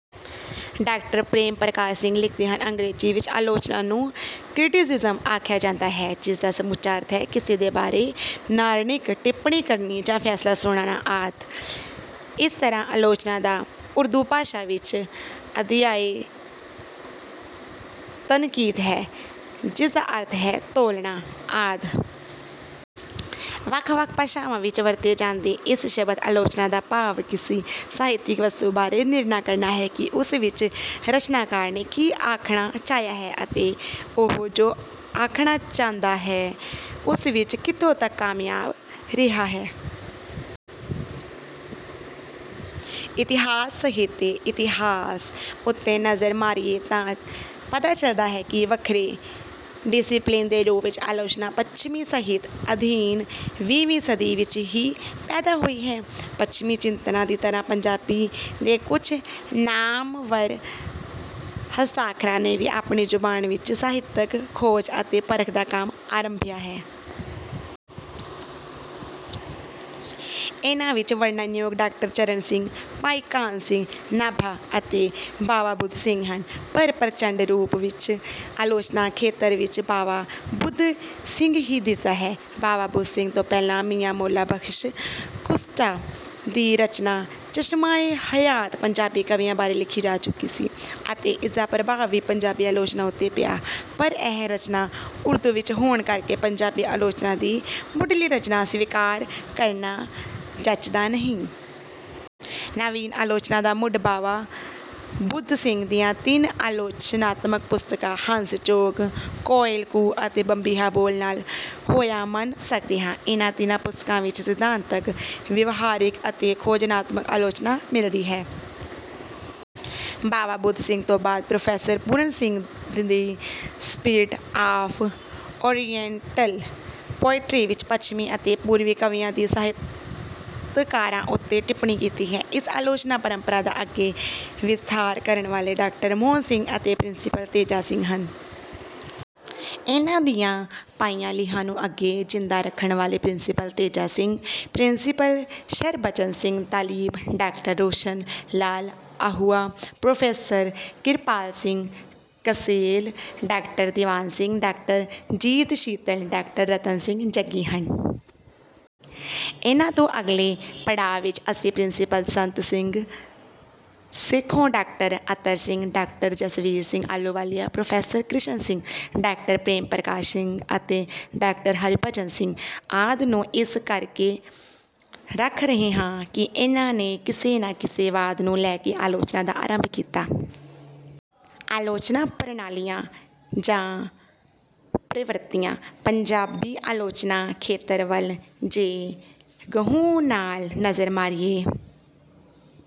Doctor Prem Prakash Singh ਲਿਖਦੇ ਹਨ: ਅੰਗਰੇਜ਼ੀ ਵਿੱਚ ਆਲੋਚਨਾ ਨੂੰ "ਕ੍ਰਿਟਿਸਿਜ਼ਮ" ਆਖਿਆ ਜਾਂਦਾ ਹੈ, ਜਿਸਦਾ ਸਮੁੱਚਾ ਅਰਥ ਹੈ - ਕਿਸੇ ਬਾਰੇ ਨਿਰਣਾਇਕ ਟਿੱਪਣੀ ਕਰਨੀ ਜਾਂ ਫੈਸਲਾ ਸੁਣਾਉਣਾ ਆਦਿ। ਇਸ ਤਰ੍ਹਾਂ ਆਲੋਚਨਾ ਦਾ ਉਰਦੂ ਭਾਸ਼ਾ ਵਿੱਚ ਆਧਏ "ਤਨਕੀਦ" ਹੈ, ਜਿਸਦਾ ਅਰਥ ਹੈ: ਤੋਲਣਾ ਆਦਿ। ਵੱਖ-ਵੱਖ ਭਾਸ਼ਾਵਾਂ ਵਿੱਚ ਵਰਤੇ ਜਾਂਦੇ ਇਸ ਸ਼ਬਦ "ਆਲੋਚਨਾ" ਦਾ ਭਾਵ ਕਿਸੇ ਸਾਹਿਤਕ ਵਸਤੂ ਬਾਰੇ ਨਿਰਣਾ ਕਰਨਾ ਹੈ ਕਿ ਉਸ ਵਿੱਚ ਰਚਨਾਕਾਰ ਨੇ ਕੀ ਆਖਣਾ ਚਾਹਿਆ ਹੈ ਅਤੇ ਉਹ ਜੋ ਕਹਿਣਾ ਚਾਹਦਾਂ ਹੈ, ਉਸ ਵਿੱਚ ਕਿੱਥੋਂ ਤੱਕ ਕਾਮਯਾਬ ਰਿਹਾ ਹੈ। ਇਤਿਹਾਸ: ਸਾਹਿਤ ਦੇ ਇਤਿਹਾਸ ਉੱਤੇ ਨਜ਼ਰ ਮਾਰੀਏ ਤਾਂ ਪਤਾ ਚੱਲਦਾ ਹੈ ਕਿ ਵੱਖਰੇ ਡਿਸਿਪਲਿਨ ਦੇ ਰੂਪ ਵਿੱਚ ਆਲੋਚਨਾ ਪੱਛਮੀ ਸਾਹਿਤ ਅਧੀਨ ਵੀਹਵੀਂ ਸਦੀ ਵਿੱਚ ਹੀ ਪੈਦਾ ਹੋਈ ਹੈ। ਪੱਛਮੀ ਚਿੰਤਕਾਂ ਦੀ ਤਰ੍ਹਾਂ ਪੰਜਾਬੀ ਦੇ ਕੁਝ ਨਾਮਵਰ ਹਸਤਾਖਰਾਂ ਨੇ ਵੀ ਆਪਣੀ ਜ਼ੁਬਾਨ ਵਿੱਚ ਸਾਹਿਤਕ ਖੋਜ ਅਤੇ ਪਰਖ ਦਾ ਕੰਮ ਆਰੰਭਿਆ ਹੈ। ਇਹਨਾਂ ਵਿੱਚ ਵਰਣਨਯੋਗ ਡਾਕਟਰ ਚਰਨ ਸਿੰਘ, ਭਾਈ ਕਾਨ੍ਹ ਸਿੰਘ ਨਾਭਾ ਅਤੇ ਬਾਵਾ ਬੁੱਧ ਸਿੰਘ ਹਨ। ਪਰ ਪ੍ਰਚੰਡ ਰੂਪ ਵਿੱਚ ਆਲੋਚਨਾ ਖੇਤਰ ਵਿੱਚ ਬਾਵਾ ਬੁੱਧ ਸਿੰਘ ਹੀ ਦਿਸਦਾ ਹੈ। ਬਾਵਾ ਬੁੱਧ ਸਿੰਘ ਤੋਂ ਪਹਿਲਾਂ ਮੀਆਂ ਮੌਲਾ ਬਖ਼ਸ਼ ਕੁਸ਼ਤਾ ਦੀ ਰਚਨਾ "ਚਸ਼ਮਾ-ਏ-ਹਯਾਤ" ਪੰਜਾਬੀ ਕਵੀਆਂ ਬਾਰੇ ਲਿਖੀ ਜਾ ਚੁੱਕੀ ਸੀ ਅਤੇ ਇਸਦਾ ਪ੍ਰਭਾਵ ਵੀ ਪੰਜਾਬੀ ਆਲੋਚਨਾ ਉੱਤੇ ਪਿਆ, ਪਰ ਇਹ ਰਚਨਾ ਉਰਦੂ ਵਿੱਚ ਹੋਣ ਕਰਕੇ ਪੰਜਾਬੀ ਆਲੋਚਨਾ ਦੀ ਮੁੱਢਲੀ ਰਚਨਾ ਸਵੀਕਾਰ ਕਰਨਾ ਜੱਚਦਾ ਨਹੀਂ। ਨਵੀਨ ਆਲੋਚਨਾ ਦਾ ਮੁੱਢ ਬਾਵਾ ਬੁੱਧ ਸਿੰਘ ਦੀਆਂ ਤਿੰਨ ਆਲੋਚਨਾਤਮਕ ਪੁਸਤਕਾਂ "ਹੰਸ-ਚੋਗ", "ਕੋਇਲ ਕੂ" ਅਤੇ "ਬੰਬੀਹਾ ਬੋਲ" ਨਾਲ ਹੋਇਆ ਮੰਨ ਸਕਦੇ ਹਾਂ। ਇਹਨਾਂ ਤਿੰਨਾਂ ਪੁਸਤਕਾਂ ਵਿੱਚ ਸਿਧਾਂਤਕ, ਵਿਵਹਾਰਿਕ ਅਤੇ ਖੋਜਾਤਮਕ ਆਲੋਚਨਾ ਹੋਈ ਮਿਲਦੀ ਹੈ। ਬਾਵਾ ਬੁੱਧ ਸਿੰਘ ਤੋਂ ਬਾਅਦ ਪ੍ਰੋਫੈਸਰ ਪੂਰਨ ਸਿੰਘ ਨੇ "the spirit of oriental poetry" ਵਿੱਚ ਪੱਛਮੀ ਅਤੇ ਪੂਰਵੀ ਕਵੀਆਂ ਅਤੇ ਸਾਹਿਤਕਾਰਾਂ ਉੱਤੇ ਟਿੱਪਣੀ ਕੀਤੀ ਹੈ। ਇਸ ਆਲੋਚਨਾ ਪਰੰਪਰਾ ਦਾ ਅੱਗੇ ਵਿਸਥਾਰ ਕਰਨ ਵਾਲੇ ਡਾਕਟਰ ਮੋਹਨ ਸਿੰਘ ਅਤੇ ਪ੍ਰਿੰਸੀਪਲ ਤੇਜਾ ਸਿੰਘ ਹਨ। ਇਨ੍ਹਾਂ ਦੀਆਂ ਪਾਈਆਂ ਲੀਹਾਂ ਨੂੰ ਅੱਗੇ ਜਿੰਦਾ ਰੱਖਣ ਵਾਲੇ principal Teja Singh, principal Sharbachan Singh Talib, doctor Roshan Lal Ahuja, professor Kirpal Singh Kasel, doctor Diwan Singh, doctor Jeet Sheetal, doctor Ratan Singh Jaggi ਹਨ। ਇਨ੍ਹਾਂ ਤੋਂ ਅਗਲੇ ਪੜਾਅ ਵਿੱਚ ਅਸੀਂ principal Sant Singh Sekhon, doctor Attar Singh, doctor Jasvir Singh Ahluwalia, professor Krishan Singh, doctor Prem Prakash Singh ਅਤੇ ਡਾਕਟਰ ਹਰਿਭਜਨ ਸਿੰਘ ਆਦਿ ਨੂੰ ਇਸ ਕਰਕੇ ਰੱਖ ਰਹੇ ਹਾਂ ਕਿ ਇਹਨਾਂ ਨੇ ਕਿਸੇ ਨਾ ਕਿਸੇ ਵਾਦ ਨੂੰ ਲੈ ਕੇ ਆਲੋਚਨਾ ਦਾ ਆਰੰਭ ਕੀਤਾ। ਆਲੋਚਨਾ ਪ੍ਰਣਾਲੀਆਂ ਜਾਂ ਪ੍ਰਵਿਰਤੀਆਂ: ਪੰਜਾਬੀ ਆਲੋਚਨਾ ਖੇਤਰ ਵੱਲ ਜੇ ਗਹੁ ਨਾਲ ਨਜ਼ਰ ਮਾਰੀਏ,